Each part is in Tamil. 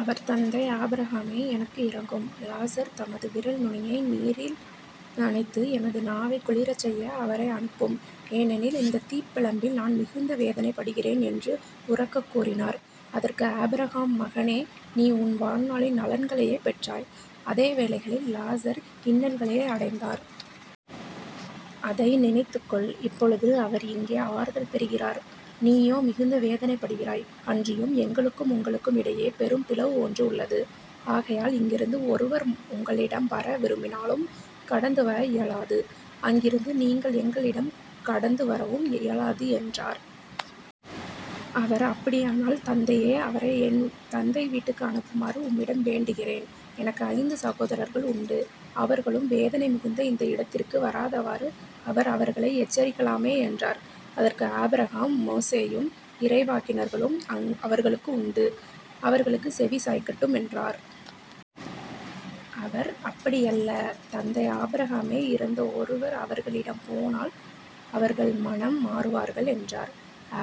அவர் தந்தை ஆபிரகாமே எனக்கு இரங்கும். இலாசர் தமது விரல் நுனியைத் நீரில் நனைத்து எனது நாவைக் குளிரச்செய்ய அவரை அனுப்பும். ஏனெனில் இந்தத் தீப்பிழம்பில் நான் மிகுந்த வேதனைப்படுகிறேன் என்று உரக்கக் கூறினார். அதற்கு ஆபிரகாம் மகனே நீ உன் வாழ்நாளில் நலன்களையே பெற்றாய் அதே வேளையில் இலாசர் இன்னல்களையே அடைந்தார். அதை நினைத்துக் கொள். இப்பொழுது அவர் இங்கே ஆறுதல் பெறுகிறார் நீயோ மிகுந்த வேதனைப்படுகிறாய். அன்றியும் எங்களுக்கும் உங்களுக்கும் இடையே பெரும் பிளவு ஒன்று உள்ளது. ஆகையால் இங்கிருந்து ஒருவர் உங்களிடம் வர விரும்பினாலும் கடந்து வர இயலாது. அங்கிருந்து நீங்கள் எங்களிடம் கடந்து வரவும் இயலாது என்றார். அவர் அப்படியானால் தந்தையே அவரை என் தந்தை வீட்டுக்கு அனுப்புமாறு உம்மிடம் வேண்டுகிறேன். எனக்கு ஐந்து சகோதரர்கள் உண்டு. அவர்களும் வேதனை மிகுந்த இந்த இடத்திற்கு வராதவாறு அவர் அவர்களை எச்சரிக்கலாமே என்றார். அதற்கு ஆபிரகாம் மோசேயும் இறைவாக்கினர்களும் அவர்களுக்கு உண்டு. அவர்களுக்குச் செவிசாய்க்கட்டும் என்றார். அவர் அப்படியல்ல தந்தை ஆபிரகாமே இறந்த ஒருவர் அவர்களிடம் போனால் அவர்கள் மனம் மாறுவார்கள் என்றார்.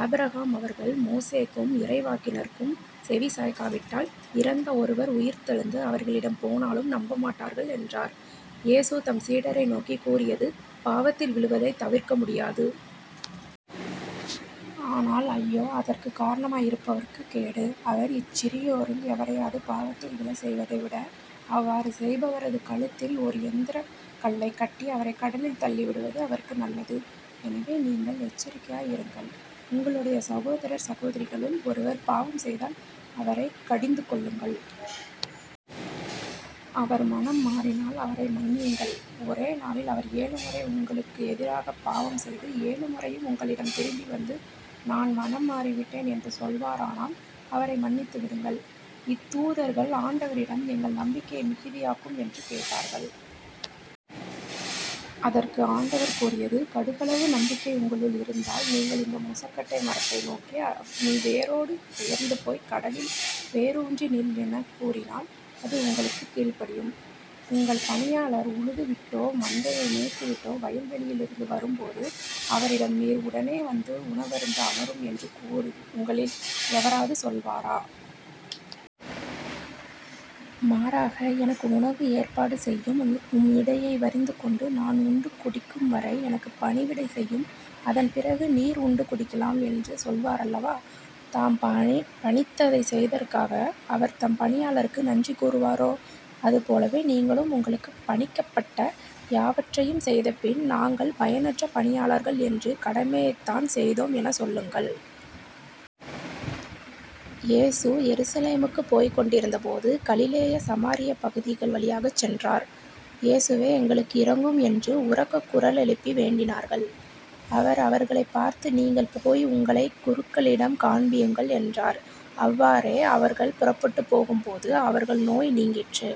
ஆபிரகாம் அவர்கள் மோசேக்கும் இறைவாக்கினருக்கும் செவிசாய்க்காவிட்டால் இறந்த ஒருவர் உயிர்த்தெழுந்து அவர்களிடம் போனாலும் நம்பமாட்டார்கள் என்றார். இயேசு தம் சீடரை நோக்கிக் கூறியது பாவத்தில் விழுவதைத் தவிர்க்க முடியாது. ஆனால் ஐயோ அதற்குக் காரணமாய் இருப்பவருக்குக் கேடு. அவர் இச்சிறியோருள் எவரையாவது பாவத்தில் விழச் செய்வதைவிட அவ்வாறு செய்பவரது கழுத்தில் ஒரு எந்திரக் கல்லைக் கட்டி அவரைக் கடலில் தள்ளிவிடுவது அவருக்கு நல்லது. எனவே நீங்கள் எச்சரிக்கையாய் இருங்கள். உங்களுடைய சகோதரர் சகோதரிகளுள் ஒருவர் பாவம் செய்தால் அவரைக் கடிந்துகொள்ளுங்கள். அவர் மனம் மாறினால் அவரை மன்னியுங்கள். ஒரே நாளில் அவர் ஏழு முறை உங்களுக்கு எதிராகப் பாவம் செய்து ஏழு முறையும் உங்களிடம் திரும்பி வந்து நான் மனம் மாறிவிட்டேன் என்று சொல்வாரானால் அவரை மன்னித்து விடுங்கள். திருத்தூதர்கள் ஆண்டவரிடம் எங்கள் நம்பிக்கையை மிகுதியாக்கும் என்று கேட்டார்கள். அதற்கு ஆண்டவர் கூறியது கடுகளவு நம்பிக்கை உங்களுக்கு இருந்தால் நீங்கள் இந்த முசக்கட்டை மரத்தை நோக்கி நீ வேரோடே பெயர்ந்துபோய்க் கடலில் வேருன்றி நில் எனக் கூறினால் அது உங்களுக்குக் கீழ்ப்படியும். உங்கள் பணியாளர் உழுது விட்டோ மந்தையை மேய்த்துவிட்டோ வயல்வெளியிலிருந்து வரும்போது அவரிடம் நீர் உடனே வந்து உணவருந்த அமரும் என்று உங்களில் எவராவது சொல்வாரா? மாறாக எனக்கு உணவு ஏற்பாடு செய்யும் உம் இடையை வரிந்துகொண்டு நான் உண்டு குடிக்கும்வரை எனக்குப் பணிவிடை செய்யும் அதன்பிறகு நீர் உண்டு குடிக்கலாம் என்று சொல்வாரல்லவா? தாம் பணித்ததைச் செய்ததற்காக அவர் தம் பணியாளருக்கு நன்றி கூறுவாரோ? அது போலவே நீங்களும் உங்களுக்குப் பணிக்கப்பட்ட யாவற்றையும் செய்தபின் நாங்கள் பயனற்ற பணியாளர்கள் என்று கடமையைத்தான் செய்தோம் எனச் சொல்லுங்கள். இயேசு எருசலேமுக்குப் போய்க் கொண்டிருந்தபோது கலிலேய சமாரியப் பகுதிகள் வழியாகச் சென்றார். இயேசுவே எங்களுக்கு இரங்கும் என்று உரக்கக் குரலெழுப்பி வேண்டினார்கள். அவர் அவர்களைப் பார்த்து நீங்கள் போய் உங்களைக் குருக்களிடம் காண்பியுங்கள் என்றார். அவ்வாறே அவர்கள் புறப்பட்டுப் போகும்போது அவர்கள் நோய் நீங்கிற்று.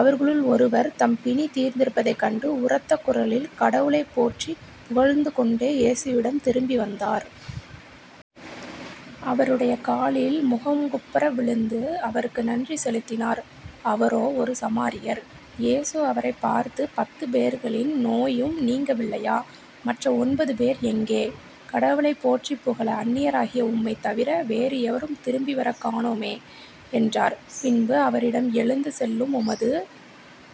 அவர்களுள் ஒருவர் தம் பிணி தீர்ந்திருப்பதைக் கண்டு உரத்த குரலில் கடவுளைப் போற்றிப் புகழ்ந்துகொண்டே இயேசுவிடம் திரும்பி வந்தார். அவருடைய காலில் முகங்குப்புற விழுந்து அவருக்கு நன்றி செலுத்தினார். அவரோ ஒரு சமாரியர். இயேசு அவரைப் பார்த்து பத்துப் பேர்களின் நோயும் நீங்கவில்லையா? மற்ற ஒன்பது பேர் எங்கே? கடவுளைப் போற்றிப் புகழ அன்னியராகிய உம்மைத் தவிர வேறு எவரும் திரும்பிவரக் காணோமே என்றார். பின்பு அவரிடம் எழுந்து செல்லும் உமது